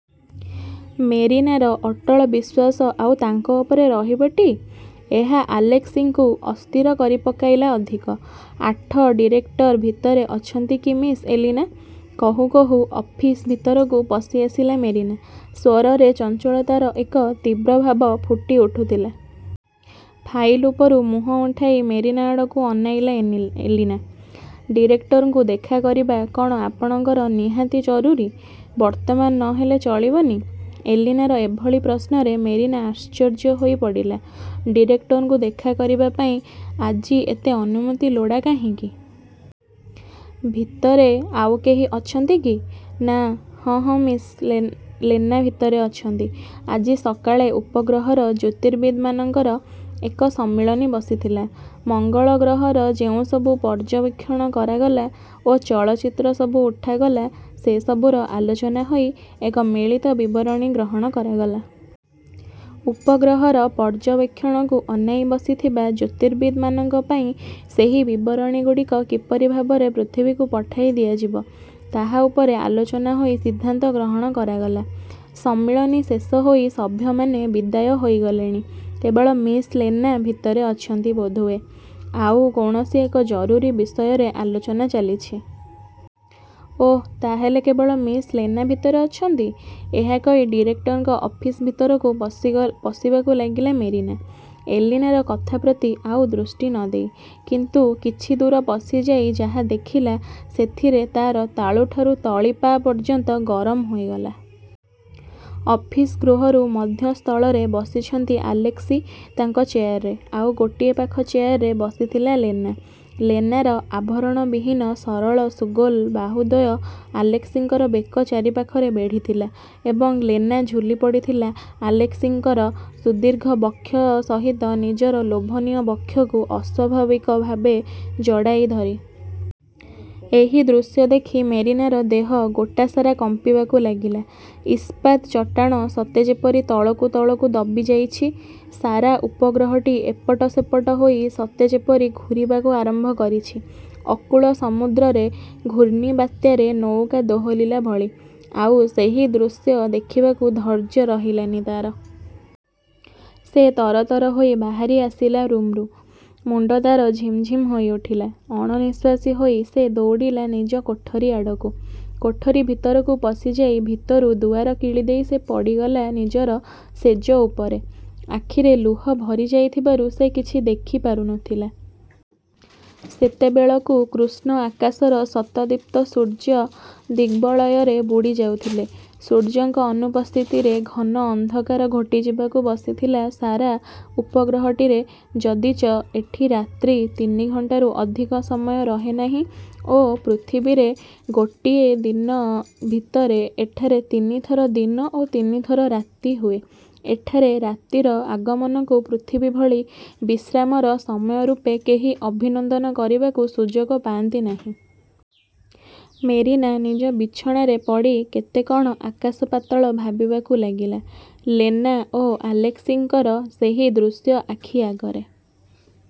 ମେରିନାର ଅଟଳ ବିଶ୍ୱାସ ଆଉ ତାଙ୍କ ଉପରେ ରହିବଟି? ଏହା ଆଲେସ୍କିଙ୍କୁ ଅସ୍ଥିର କରି ପକାଇଲା ଅଧିକ। ଆଠ ''ଡିରେକ୍ଟର ଭିତରେ ଅଛନ୍ତି କି ମିସ୍ ଏଲିନା? '' କହୁଁ କହୁଁ ଅଫିସ ଭିତରକୁ ପଶିଆସିଲା ମେରିନା। ସ୍ୱରରେ ଚଞ୍ଚଳତାର ଏକ ତୀବ୍ର ଭାବ ଫୁଟିଉଠୁଥିଲା। ଫାଇଲ୍ ଉପରୁ ମୁହଁ ଉଠାଇ ମେରିନା ଆଡ଼କୁ ଅନାଇଲା ଏନି ଏଲିନା । ''ଡିରେକ୍ଟରଙ୍କୁ ଦେଖା କରିବା କଅଣ ଆପଣଙ୍କର ନିହାତି ଜରୁରୀ? ବର୍ତ୍ତମାନ ନ ହେଲେ ଚଳିବନି? '' ଏଲିନାର ଏଭଳି ପ୍ରଶ୍ନରେ ମେରିନା ଆଶ୍ଚର୍ଯ୍ୟ ହୋଇ ପଡ଼ିଲା–''ଡିରେକ୍ଟରଙ୍କୁ ଦେଖା କରିବା ପାଇଁ। ଆଜି ଏତେ ଅନୁମତି ଲୋଡ଼ା କାହିଁକି? ଭିତରେ ଆଉ କେହି ଅଛନ୍ତି କି? '' ''ନାଁ,–ହଁ, ହଁ, ମିସ୍ ଲେନା ଲେନା ଭିତରେ ଅଛନ୍ତି। ଆଜି ସକାଳେ ଉପଗ୍ରହର ଜ୍ୟୋତିର୍ବିଦମାନଙ୍କର ଏକ ସମ୍ମିଳନୀ ବସିଥିଲା। ମଙ୍ଗଳ ଗ୍ରହର ଯେଉଁସବୁ ପର୍ଯ୍ୟବେକ୍ଷଣ କରାଗଲା ଓ ଚଳଚ୍ଚିତ୍ର ସବୁ ଉଠାଗଲା, ସେ ସବୁର ଆଲୋଚନା ହୋଇ ଏକ ମିଳିତ ବିବରଣୀ ଗ୍ରହଣ କରାଗଲା। ଉପଗ୍ରହର ପର୍ଯ୍ୟବେକ୍ଷଣକୁ ଅନାଇ ବସିଥିବା ଜ୍ୟୋତିର୍ବିଦମାନଙ୍କ ପାଇଁ ସେହି ବିବରଣୀଗୁଡ଼ିକ କିପରି ଭାବରେ ପୃଥିବୀକୁ ପଠାଇ ଦିଆଯିବ ତାହା ଉପରେ ଆଲୋଚନା ହୋଇ ସିଦ୍ଧାନ୍ତ ଗ୍ରହଣ କରାଗଲା। ସମ୍ମିଳନୀ ଶେଷ ହୋଇ ସଭ୍ୟମାନେ ବିଦାୟ ହୋଇଗଲେଣି; କେବଳ ମିସ୍ ଲେନା ଭିତରେ ଅଛନ୍ତି। ବୋଧହୁଏ, ଆଉ କୌଣସି ଏକ ଜରୁରୀ ବିଷୟରେ ଆଲୋଚନା ଚାଲିଛି। '' ''ଓଃ, ତା'ହେଲେ କେବଳ ମିସ୍ ଲେନା ଭିତରେ ଅଛନ୍ତି? '' ଏହା କହି ଡିରେକ୍ଟରଙ୍କ ଅଫିସ୍ ଭିତରକୁ ପଶିବାକୁ ଲାଗିଲା ମେରିନା–ଏଲିନାର କଥାପ୍ରତି ଆଉ ଦୃଷ୍ଟି ନ ଦେଇ। କିନ୍ତୁ କିଛି ଦୂର ପଶିଯାଇ ଯାହା ଦେଖିଲା, ସେଥିରେ ତା'ର ତାଳୁଠାରୁ ତଳିପା ପର୍ଯ୍ୟନ୍ତ ଗରମ ହୋଇଗଲା। ଅଫିସ ଗୃହରୁ ମଧ୍ୟସ୍ଥଳରେ ବସିଛନ୍ତି ଆଲେସ୍କି ତାଙ୍କ ଚେୟାରରେ, ଆଉ ଗୋଟିଏ ପାଖ ଚେୟାରରେ ବସିଥିଲା ଲେନା। ଲେନାର ଆଭରଣବିହୀନ ସରଳ ସୁଗୋଲ ବାହୁଦ୍ୱୟ ଆଲେସ୍କିଙ୍କର ବେକ ଚାରିପାଖରେ ବେଢ଼ିଥିଲା ଏବଂ ଲେନା ଝୁଲି ପଡ଼ିଥିଲା–ଆଲେସ୍କିଙ୍କର ସୁଦୀର୍ଘ ବକ୍ଷ ସହିତ ନିଜର ଲୋଭନୀୟ ବକ୍ଷକୁ ଅସ୍ୱାଭାବିକ ଭାବେ ଜଡ଼ାଇ ଧରି। ଏହି ଦୃଶ୍ୟ ଦେଖି ମେରିନାର ଦେହ ଗୋଟାସାରା କମ୍ପିବାକୁ ଲାଗିଲା। ଇସ୍ପାତ୍ ଚଟାଣ ସତେ ଯେପରି ତଳକୁ ତଳକୁ ଦବିଯାଇଛି! ସାରା ଉପଗ୍ରହଟି ଏପଟ ସେପଟ ହୋଇ ସତେ ଯେପରି ଘୂରିବାକୁ ଆରମ୍ଭ କରିଛି, ଅକୂଳ ସମୁଦ୍ରରେ ଘୂର୍ଣ୍ଣିବାତ୍ୟାରେ ନୌକା ଦୋହଲିଲା ଭଳି। ଆଉ ସେହି ଦୃଶ୍ୟ ଦେଖିବାକୁ ଧୈର୍ଯ୍ୟ ରହିଲାନି ତା'ର। ସେ ତରତର ହୋଇ ବାହାରିଆସିଲା ରୁମ୍ରୁ। ମୁଣ୍ଡ ତା'ର ଝିମଝିମ୍ ହୋଇ ଉଠିଲା। ଅଣନିଶ୍ୱାସୀ ହୋଇ ସେ ଦୌଡ଼ିଲା ନିଜ କୋଠରି ଆଡ଼କୁ। କୋଠରି ଭିତରକୁ ପଶିଯାଇ ଭିତରୁ ଦୁଆର କିଳିଦେଇ ସେ ପଡ଼ିଗଲା ନିଜର ଶେଯ ଉପରେ। ଆଖିରେ ଲୁହ ଭରିଯାଇଥିବାରୁ ସେ କିଛି ଦେଖି ପାରୁ ନଥିଲା। ସେତେବେଳକୁ କୃଷ୍ଣ ଆକାଶର ଶତଦୀପ୍ତ ସୂର୍ଯ୍ୟ ଦିଗବଳୟରେ ବୁଡ଼ିଯାଉଥିଲେ। ସୂର୍ଯ୍ୟଙ୍କ ଅନୁପସ୍ଥିତିରେ ଘନ ଅନ୍ଧକାର ଘୋଟିଯିବାକୁ ବସିଥିଲା ସାରା ଉପଗ୍ରହଟିରେ ଯଦିଚ ଏଠି ରାତ୍ରି ତିନିଘଣ୍ଟାରୁ ଅଧିକ ସମୟ ରହେନାହିଁ ଓ ପୃଥିବୀର ଗୋଟାଏ ଦିନ ଭିତରେ ଏଠାରେ ତିନିଥର ଦିନ ଓ ତିନିଥର ରାତି ହୁଏ, ଏଠାରେ ରାତିର ଆଗମନକୁ ପୃଥିବୀଭଳି ବିଶ୍ରାମର ସମୟରୂପେ କେହି ଅଭିନନ୍ଦନ କରିବାକୁ ସୁଯୋଗ ପାଆନ୍ତି ନାହିଁ। ମେରିନା ନିଜ ବିଛଣାରେ ପଡ଼ି କେତେ କ'ଣ ଆକାଶପାତାଳ ଭାବିବାକୁ ଲାଗିଲା। ଲେନା ଓ ଆଲେସ୍କିଙ୍କର ସେହି ଦୃଶ୍ୟ ଆଖିଆଗରେ